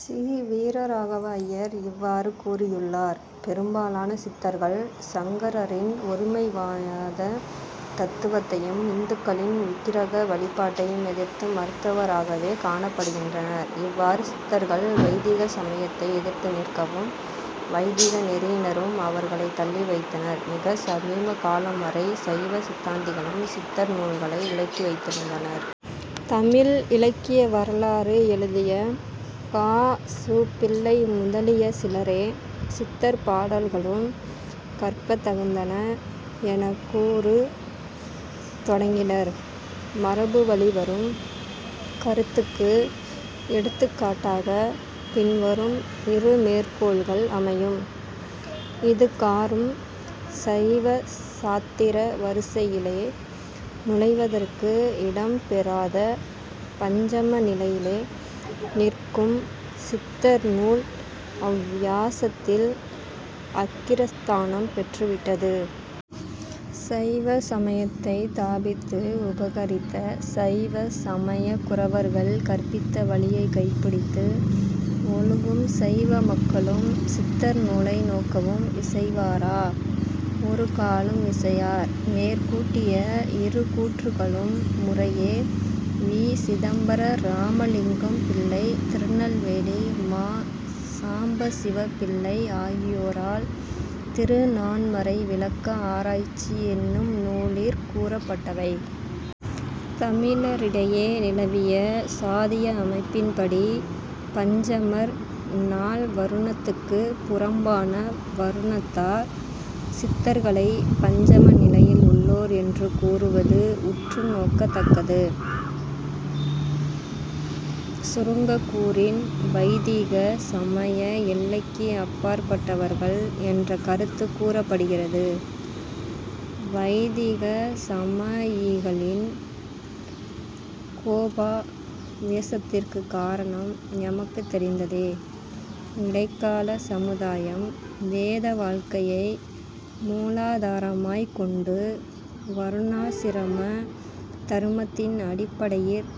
C. Veeraraghava Iyer இவ்வாறு கூறியுள்ளார்: "பெரும்பாலான சித்தர்கள் சங்கரரின் ஒருமைவாதத் தத்துவத்தையும் இந்துக்களின் விக்கிரக வழிபாட்டையும் எதிர்த்து மறுத்தவராகவே காணப்படுகின்றனர். " இவ்வாறு சித்தர்கள் வைதிக சமயத்தை எதிர்த்து நிற்கவும், வைதிக நெறியினரும் அவர்களைத் தள்ளி வைத்தனர். மிகச் சமீபகாலம் வரை சைவ சித்தாந்திகளும் சித்தர் நூல்களை விலக்கி வைத்திருந்தனர். தமிழ் இலக்கிய வரலாறு எழுதிய கா. சு. பிள்ளை முதலிய சிலரே சித்தர் பாடல்களும் கற்கத் தகுந்தன எனக் கூறுத் தொடங்கினர். மரபு வழி வரும் கருத்துக்கு எடுத்துக்காட்டாகப் பின்வரும் இரு மேற்கோள்கள் அமையும். "இதுகாறும் சைவ சாத்திர வரிசையிலே நுழைவதற்கு இடம் பெறாத பஞ்சம நிலையிலே நிற்கும் சித்தர் நூல் அவ்வியாசத்தில் அக்கிரஸ்தானம் பெற்றுவிட்டது. "சைவ சமயத்தைத் தாபித்து உபகரித்த சைவ சமய குரவர்கள் கற்பித்த வழியைக் கைப்பிடித்து ஒழுகும் சைவ மக்களும் சித்தர் நூலை நோக்கவும் இசைவாரா? ஒருகாலும் இசையார். " மேற்கூட்டிய இரு கூற்றுக்களும் முறையே வி. சிதம்பர ராமலிங்கம் பிள்ளை, திருநெல்வேலி மா. சாம்பசிவ பிள்ளை ஆகியோரால் திருநான்மறை விளக்க ஆராய்ச்சி என்னும் நூலிற் கூறப்பட்டவை. தமிழரிடையே நிலவிய சாதியமைப்பின்படி, பஞ்சமர் நால் வருணத்துக்குப் புறம்பான வருணத்தார்; சித்தர்களைப் பஞ்சம நிலையில் உள்ளோர் என்று கூறுவது உற்று நோக்கத்தக்கது. சுருங்கக் கூறின், வைதிக சமய எல்லைக்கு அப்பாற்பட்டவர்கள் என்ற கருத்துக் கூறப்படுகிறது. வைதிக சமயிகளின் கோபாவேசத்திற்குக் காரணம் எமக்குத் தெரிந்ததே. இடைக்காலச் சமுதாயம் வேத வாழ்க்கையை மூலாதாரமாய்க் கொண்டு வருணாசிரம தருமத்தின் அடிப்படையிற்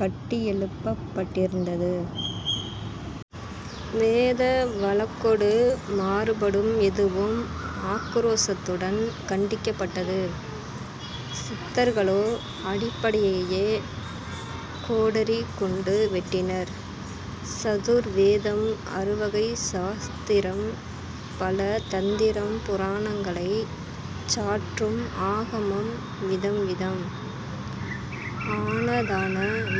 கட்டியெழுப்பப்பட்டிருந்தது. வேத வழக்கொடு மாறுபடும் எதுவும் ஆக்குரோசத்துடன்கண்டிக்கப்பட்டது. சித்தர்களோ அடிப்படையையே கோடரி கொண்டு வெட்டினர். "சதுர் வேதம் அறுவகைச் சாத்திரம் பல தந்திரம் புராணங்களைச் சாற்றும் ஆகமம் விதம் விதம் ஆனதான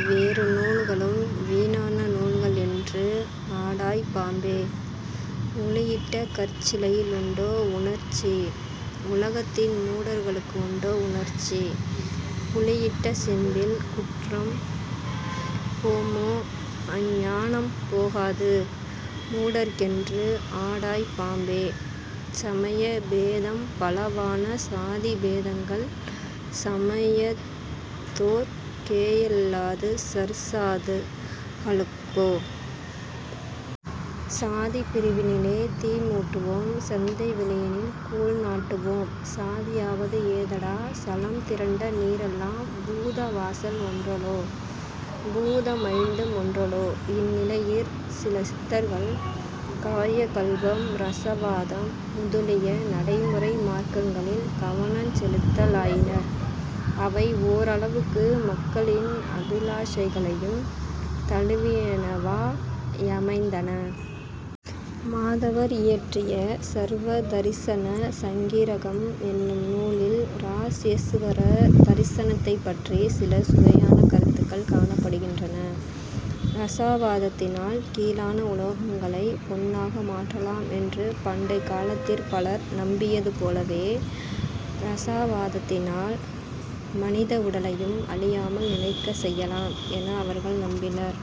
வேறு நூல்களும் வீணான நூல்கள் என்று ஆடாய் பாம்பே! " 'உளியிட்ட கற்சிலையில் உண்டோ உணர்ச்சி உலகத்தின் மூடர்களுக்கு உண்டோ உணர்ச்சி புளியிட்ட செம்பில் குற்றம் போமோ அஞ்ஞானம் போகாது மூடர்க்கென்று ஆடாய் பாம்பே" "சமய பேதம் பலவான சாதி பேதங்கள் சமயத்தோர்க் கேயல்லாது சற்சாதுக் களுக்கோ? " "சாதிப் பிரிவினிலே தீமூட்டுவோம் சந்தை வௌியினில் கோல் நாட்டுவோம்" "சாதியாவது ஏதடா? சலம் திரண்ட நீரெல்லாம் பூத வாசல் ஒன்றலோ? பூதம் ஐந்தும் ஒன்றலோ? " இந்நிலையிற் சில சித்தர்கள் காயகல்பம், இரசவாதம், முதுலிய நடைமுறை மார்க்கங்களில் கவனஞ் செலுத்தலாயினர். அவை ஓரளவுக்கு மக்களின் அபிலாஷைகளையும் தழுவியனவா யமைந்தன. மாதவர் இயற்றிய 'சர்வ தரிசன சங்கிரகம்' என்னும் நூலில் இராசேசுவர தரிசனத்தைப் பற்றிச் சில சுவையான கருத்துக்கள் காணப்படுகின்றன. இரசாவாதத்தினால் கீழான உலோகங்களைப் பொன்னாக மாற்றலாம் என்று பண்டைக் காலத்திற் பலர் நம்பியது போலவே இரசவாதத்தினால் மனித உடலையும் அழியாமல் நிலைக்கச் செய்யலாம் என அவர்கள் நம்பினர்.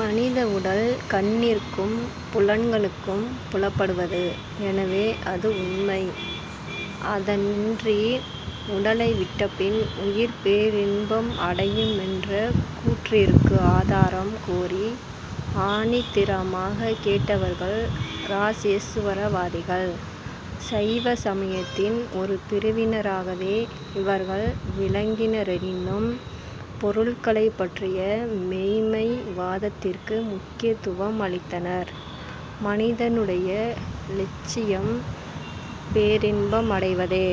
மனித உடல் கண்ணிற்கும், புலன்களுக்கும் புலப்படுவது; எனவே அது உண்மை. அதன்றி, உடலை விட்டபின் உயிர் பேரின்பம் அடையுமென்ற கூற்றிற்கு ஆதாரம் கோரி ஆணித்திரமாகக் கேட்டவர்கள் இராசேசுவரவாதிகள்; சைவ சமயத்தின் ஒரு பிரிவினராகவே இவர்கள் விளங்கினரெனினும் பொருள்களைப் பற்றிய மெய்ம்மை வாதத்திற்கு முக்கியத்துவம் அளித்தனர். "மனிதனுடைய இலட்சியம் பேரின்பம் அடைவதே.